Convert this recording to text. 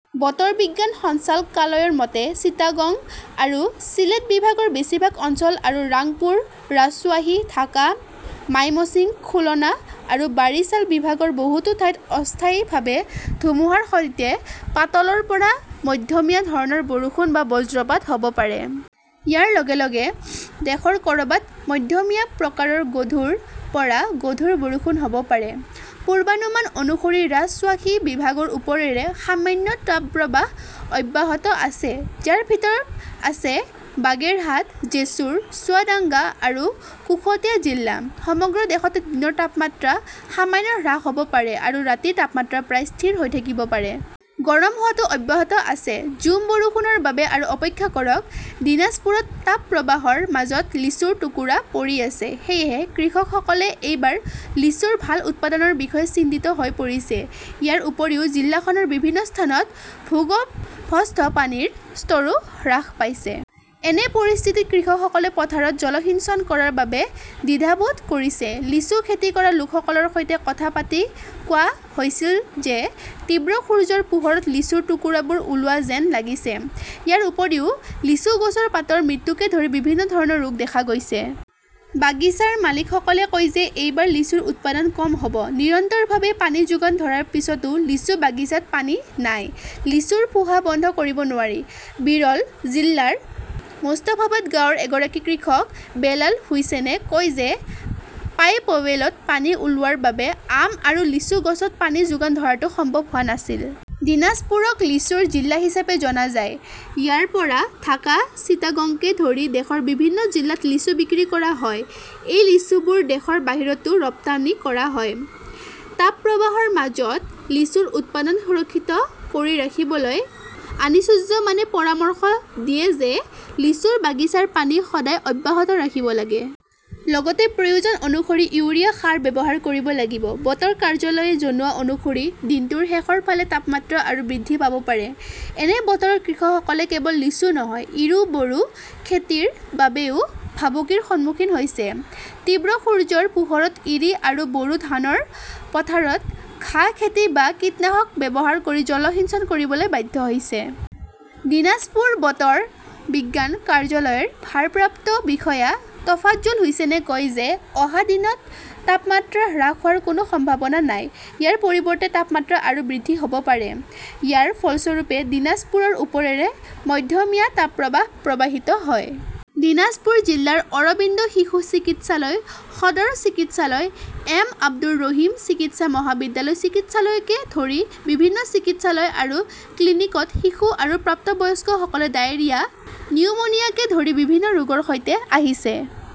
বতৰ বিজ্ঞান সঞ্চালকালয়ৰ মতে, চিটাগং আৰু চিলেট বিভাগৰ বেছিভাগ অঞ্চল আৰু ৰাংপুৰ, ৰাজশ্বাহী, ঢাকা, মাইমশ্বিং, খুলনা আৰু বাৰিছাল বিভাগৰ বহুতো ঠাইত অস্থায়ীভাৱে ধুমুহাৰ সৈতে পাতলৰ পৰা মধ্যমীয়া ধৰণৰ বৰষুণ বা বজ্ৰপাত হ 'ব পাৰে। ইয়াৰ লগে লগে দেশৰ ক'ৰবাত মধ্যমীয়া প্ৰকাৰৰ গধুৰ পৰা গধুৰ বৰষুণ হ'ব পাৰে। পূৰ্বানুমান অনুসৰি, ৰাজশ্বাহী বিভাগৰ ওপৰেৰে সামান্য তাপপ্ৰবাহ অব্যাহত আছে, যাৰ ভিতৰত আছে বাগেৰহাট, জেছুৰ, চুৱাদাঙ্গা আৰু কুশটিয়া জিলা। সমগ্ৰ দেশতে দিনৰ তাপমাত্ৰা সামান্য হ্ৰাস হ'ব পাৰে আৰু ৰাতিৰ তাপমাত্ৰা প্ৰায় স্থিৰ হৈ থাকিব পাৰে। গৰম হোৱাটো অব্যাহত আছে, ঝুম বৰষুণৰ বাবে আৰু অপেক্ষা কৰক দীনাজপুৰত তাপপ্ৰবাহৰ মাজত লিচুৰ টুকুৰা পৰি আছে। সেয়েহে কৃষকসকলে এইবাৰ লিচুৰ ভাল উৎপাদনৰ বিষয়ে চিন্তিত হৈ পৰিছে। ইয়াৰ উপৰিও জিলাখনৰ বিভিন্ন স্থানত ভূগৰ্ভস্থ পানীৰ স্তৰো হ্ৰাস পাইছে। এনে পৰিস্থিতিত কৃষকসকলে পথাৰত জলসিঞ্চন কৰাৰ বাবে দ্বিধাবোধ কৰিছে। লিচু খেতি কৰা লোকসকলৰ সৈতে কথা পাতি কোৱা হৈছিল যে তীব্ৰ সূৰ্যৰ পোহৰত লিচুৰ টুকুৰাবোৰ ওলোৱা যেন লাগিছে। ইয়াৰ উপৰিও, লিচু গছৰ পাতৰ মৃত্যুকে ধৰি বিভিন্ন ধৰণৰ ৰোগ দেখা গৈছে। বাগিছাৰ মালিকসকলে কয় যে এইবাৰ লিচুৰ উৎপাদন কম হ'ব। নিৰন্তৰভাৱে পানী যোগান ধৰাৰ পিছতো লিচু বাগিচাত পানী নাই। লিচুৰ ফোঁহা বন্ধ কৰিব নোৱাৰি। বিৰল জিলাৰ মোষ্টাফাবাদ গাঁৱৰ এগৰাকী কৃষক বেলাল হুচেইনে কয় যে পাইপৱেলত পানী ওলোৱাৰ বাবে আম আৰু লিচু গছত পানী যোগান ধৰাটো সম্ভৱ হোৱা নাছিল। দিনাজপুৰক লিচুৰ জিলা হিচাপে জনা যায়। ইয়াৰ পৰা ঢাকা-চিটাগংকে ধৰি দেশৰ বিভিন্ন জিলাত লিচু বিক্ৰী কৰা হয়। এই লিচুবোৰ দেশৰ বাহিৰতো ৰপ্তানি কৰা হয়। তাপপ্ৰবাহৰ মাজত লিচুৰ উৎপাদন সুৰক্ষিত কৰি ৰাখিবলৈ আনিছুজ্জমানে পৰামৰ্শ দিয়ে যে, লিচুৰ বাগিচাৰ পানী সদায় অব্যাহত ৰাখিব লাগে। লগতে প্ৰয়োজন অনুসৰি ইউৰিয়া সাৰ ব্যৱহাৰ কৰিব লাগিব। বতৰ কাৰ্যালয়ে জনোৱা অনুসৰি দিনটোৰ শেষৰ ফালে তাপমাত্ৰা আৰু বৃদ্ধি পাব পাৰে। এনে বতৰত কৃষকসকলে কেৱল লিচু নহয়, ইৰি-বৰো খেতিৰ বাবেও ভাবুকিৰ সন্মুখীন হৈছে। তীব্ৰ সূৰ্যৰ পোহৰত ইৰি আৰু বৰো ধানৰ পথাৰত ঘাঁহ খেতি বা কীটনাশক ব্যৱহাৰ কৰি জলসিঞ্চন কৰিবলৈ বাধ্য হৈছে। দিনাজপুৰ বতৰ বিজ্ঞান কাৰ্যালয়ৰ ভাৰপ্ৰাপ্ত বিষয়া টফাজ্জল হুচেইনে কয় যে, অহা দিনত তাপমাত্ৰা হ্ৰাস হোৱাৰ কোনো সম্ভাৱনা নাই, ইয়াৰ পৰিৱৰ্তে তাপমাত্ৰা আৰু বৃদ্ধি হ'ব পাৰে। ইয়াৰ ফলস্বৰূপে, দীনাজপুৰৰ ওপৰেৰে মধ্যমীয়া তাপপ্ৰবাহ প্ৰৱাহিত হয়। দিনাজপুৰ জিলাৰ অৰবিন্দ শিশু চিকিৎসালয়, সদৰ চিকিৎসালয়, এম. আব্দুৰ ৰহিম চিকিৎসা মহাবিদ্যালয় চিকিৎসালয়কে ধৰি বিভিন্ন চিকিৎসালয় আৰু ক্লিনিকত শিশু আৰু প্ৰাপ্তবয়স্কসকলে ডায়েৰিয়া, নিউমোনিয়াকে ধৰি বিভিন্ন ৰোগৰ সৈতে আহিছে।